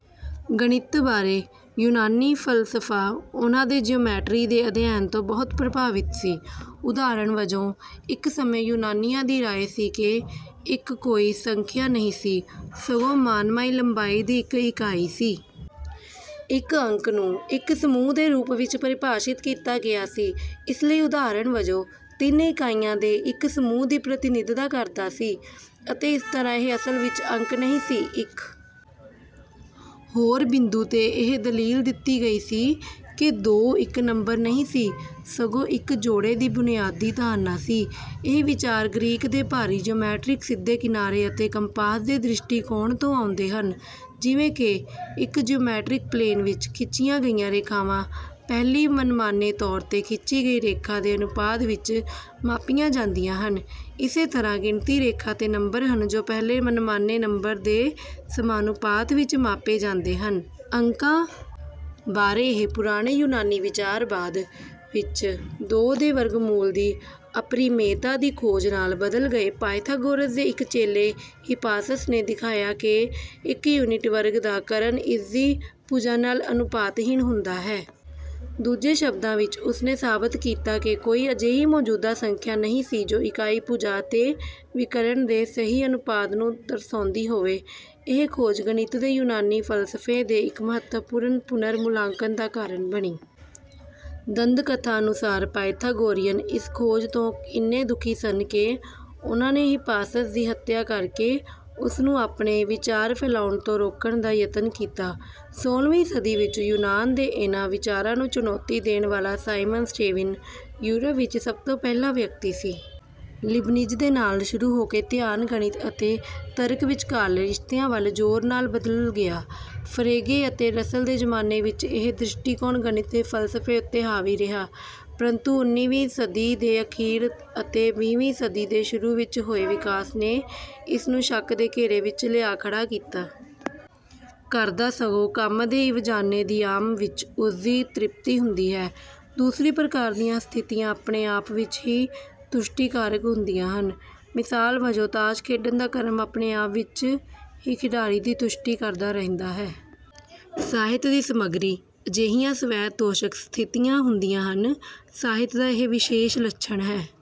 ਗਣਿਤ ਬਾਰੇ ਯੂਨਾਨੀ ਫ਼ਲਸਫ਼ਾ ਉਹਨਾਂ ਦੇ ਜਿਓਮੈਟਰੀ ਦੇ ਅਧਿਐਨ ਤੋਂ ਬਹੁਤ ਪ੍ਰਭਾਵਿਤ ਸੀ। ਉਦਾਹਰਣ ਵਜੋਂ, ਇੱਕ ਸਮੇਂ ਯੂਨਾਨੀਆਂ ਦੀ ਰਾਇ ਸੀ ਕਿ ਇੱਕ ਕੋਈ ਸੰਖਿਆ ਨਹੀਂ ਸੀ, ਸਗੋਂ ਮਨਮਾਨੀ ਲੰਬਾਈ ਦੀ ਇੱਕ ਇਕਾਈ ਸੀ। ਇੱਕ ਅੰਕ ਨੂੰ ਇੱਕ 'ਸਮੂਹ' ਦੇ ਰੂਪ ਵਿੱਚ ਪਰਿਭਾਸ਼ਿਤ ਕੀਤਾ ਗਿਆ ਸੀ। ਇਸ ਲਈ, ਉਦਾਹਰਣ ਵਜੋਂ, ਤਿੰਨ ਇਕਾਈਆਂ ਦੇ ਇੱਕ ਸਮੂਹ ਦੀ ਪ੍ਰਤੀਨਿਧਤਾ ਕਰਦਾ ਸੀ, ਅਤੇ ਇਸ ਤਰ੍ਹਾਂ ਇਹ "ਅਸਲ ਵਿੱਚ" ਅੰਕ ਨਹੀਂ ਸੀ। ਇੱਕ ਹੋਰ ਬਿੰਦੂ 'ਤੇ, ਇਹ ਦਲੀਲ ਦਿੱਤੀ ਗਈ ਸੀ ਕਿ ਦੋ ਇੱਕ ਨੰਬਰ ਨਹੀਂ ਸੀ, ਸਗੋਂ ਇੱਕ 'ਜੋੜੇ' ਦੀ ਬੁਨਿਆਦੀ ਧਾਰਨਾ ਸੀ। ਇਹ ਵਿਚਾਰ ਗ੍ਰੀਕ ਦੇ ਭਾਰੀ ਜਿਓਮੈਟ੍ਰਿਕ ਸਿੱਧੇ-ਕਿਨਾਰੇ-ਅਤੇ-ਕੰਪਾਸ ਦੇ ਦ੍ਰਿਸ਼ਟੀਕੋਣ ਤੋਂ ਆਉਂਦੇ ਹਨ: ਜਿਵੇਂ ਕਿ ਇੱਕ ਜਿਓਮੈਟ੍ਰਿਕ ਪਲੇਨ ਵਿੱਚ ਖਿੱਚੀਆਂ ਗਈਆਂ ਰੇਖਾਵਾਂ ਪਹਿਲੀ ਮਨਮਾਨੇ ਤੌਰ 'ਤੇ ਖਿੱਚੀ ਗਈ ਰੇਖਾ ਦੇ ਅਨੁਪਾਤ ਵਿੱਚ ਮਾਪੀਆਂ ਜਾਂਦੀਆਂ ਹਨ, ਇਸੇ ਤਰ੍ਹਾਂ ਗਿਣਤੀ ਰੇਖਾ 'ਤੇ ਨੰਬਰ ਹਨ ਜੋ ਪਹਿਲੇ ਮਨਮਾਨੇ "ਨੰਬਰ" ਦੇ ਸਮਾਨੁਪਾਤ ਵਿੱਚ ਮਾਪੇ ਜਾਂਦੇ ਹਨ। ਅੰਕਾਂ ਬਾਰੇ ਇਹ ਪੁਰਾਣੇ ਯੂਨਾਨੀ ਵਿਚਾਰ ਬਾਅਦ ਵਿੱਚ ਦੋ ਦੇ ਵਰਗ ਮੂਲ ਦੀ ਅਪਰਿਮੇਯਤਾ ਦੀ ਖੋਜ ਨਾਲ ਬਦਲ ਗਏ। ਪਾਇਥਾਗੋਰਾਸ ਦੇ ਇੱਕ ਚੇਲੇ ਹਿਪਾਸਸ ਨੇ ਦਿਖਾਇਆ ਕਿ ਇੱਕ ਯੂਨਿਟ ਵਰਗ ਦਾ ਕਰਨ ਇਸ ਦੀ ਭੁਜਾ ਨਾਲ ਅਨੁਪਾਤਹੀਣ ਹੁੰਦਾ ਹੈ। ਦੂਜੇ ਸ਼ਬਦਾਂ ਵਿੱਚ, ਉਸ ਨੇ ਸਾਬਤ ਕੀਤਾ ਕਿ ਕੋਈ ਅਜਿਹੀ ਮੌਜੂਦਾ ਸੰਖਿਆ ਨਹੀਂ ਸੀ ਜੋ ਇਕਾਈ ਭੁਜਾ ਅਤੇ ਵਿਕਰਣ ਦੇ ਸਹੀ ਅਨੁਪਾਤ ਨੂੰ ਦਰਸਾਉਂਦੀ ਹੋਵੇ। ਇਹ ਖੋਜ ਗਣਿਤ ਦੇ ਯੂਨਾਨੀ ਫ਼ਲਸਫ਼ੇ ਦੇ ਇੱਕ ਮਹੱਤਵਪੂਰਨ ਪੁਨਰ-ਮੁਲਾਂਕਣ ਦਾ ਕਾਰਨ ਬਣੀ। ਦੰਦ-ਕਥਾ ਅਨੁਸਾਰ, ਪਾਇਥਾਗੋਰੀਅਨ ਇਸ ਖੋਜ ਤੋਂ ਇੰਨੇ ਦੁਖੀ ਸਨ ਕਿ ਉਨ੍ਹਾਂ ਨੇ ਹਿਪਾਸਸ ਦੀ ਹੱਤਿਆ ਕਰਕੇ ਉਸ ਨੂੰ ਆਪਣੇ ਵਿਚਾਰ ਫੈਲਾਉਣ ਤੋਂ ਰੋਕਣ ਦਾ ਯਤਨ ਕੀਤਾ। ਸੋਲ੍ਹਵੀਂ ਸਦੀ ਵਿੱਚ ਯੂਨਾਨ ਦੇ ਇਹਨਾਂ ਵਿਚਾਰਾਂ ਨੂੰ ਚੁਣੌਤੀ ਦੇਣ ਵਾਲਾ ਸਾਈਮਨ ਸਟੇਵਿਨ ਯੂਰਪ ਵਿੱਚ ਸਭ ਤੋਂ ਪਹਿਲਾ ਵਿਅਕਤੀ ਸੀ। ਲੀਬਨਿਜ਼ ਦੇ ਨਾਲ ਸ਼ੁਰੂ ਹੋ ਕੇ, ਧਿਆਨ ਗਣਿਤ ਅਤੇ ਤਰਕ ਵਿਚਕਾਰਲੇ ਰਿਸ਼ਤਿਆਂ ਵੱਲ ਜ਼ੋਰ ਨਾਲ ਬਦਲ ਗਿਆ। ਫਰੇਗੇ ਅਤੇ ਰਸਲ ਦੇ ਜ਼ਮਾਨੇ ਵਿੱਚ ਇਹ ਦ੍ਰਿਸ਼ਟੀਕੋਣ ਗਣਿਤ ਦੇ ਫ਼ਲਸਫ਼ੇ ਉੱਤੇ ਹਾਵੀ ਰਿਹਾ। ਪਰੰਤੂ ਉਨੀਂ ਵੀਂ ਸਦੀ ਦੇ ਅਖੀਰ ਅਤੇ ਵੀਹ ਵੀਂ ਸਦੀ ਦੇ ਸ਼ੁਰੂ ਵਿੱਚ ਹੋਏ ਵਿਕਾਸ ਨੇ ਇਸ ਨੂੰ ਸ਼ੱਕ ਦੇ ਘੇਰੇ ਵਿੱਚ ਲਿਆ ਖੜ੍ਹਾ ਕੀਤਾ। ਕਰਦਾ, ਸਗੋਂ ਕੰਮ ਦੇ ਇਵਜ਼ਾਨੇ ਦੀ ਆਮ ਵਿੱਚ ਉਸ ਦੀ ਤ੍ਰਿਪਤੀ ਹੁੰਦੀ ਹੈ। ਦੂਸਰੀ ਪ੍ਰਕਾਰ ਦੀਆਂ ਸਥਿਤੀਆਂ ਆਪਣੇ ਆਪ ਵਿੱਚ ਹੀ ਤੁਸ਼ਟੀਕਾਰਕ ਹੁੰਦੀਆਂ ਹਨ। ਮਿਸਾਲ ਵਜੋਂ ਤਾਸ਼ ਖੇਡਣ ਦਾ ਕਰਮ ਆਪਣੇ ਆਪ ਵਿੱਚ ਹੀ ਖਿਡਾਰੀ ਦੀ ਤੁਸ਼ਟੀ ਕਰਦਾ ਰਹਿੰਦਾ ਹੈ। ਸਾਹਿਤ ਦੀ ਸਮੱਗਰੀ ਅਜਿਹੀਆਂ ਸਵੈ-ਤੌਸ਼ਕ ਸਥਿਤੀਆਂ ਹੁੰਦੀਆਂ ਹਨ। ਸਾਹਿਤ ਦਾ ਇਹ ਵਿਸ਼ੇਸ਼ ਲੱਛਣ ਹੈ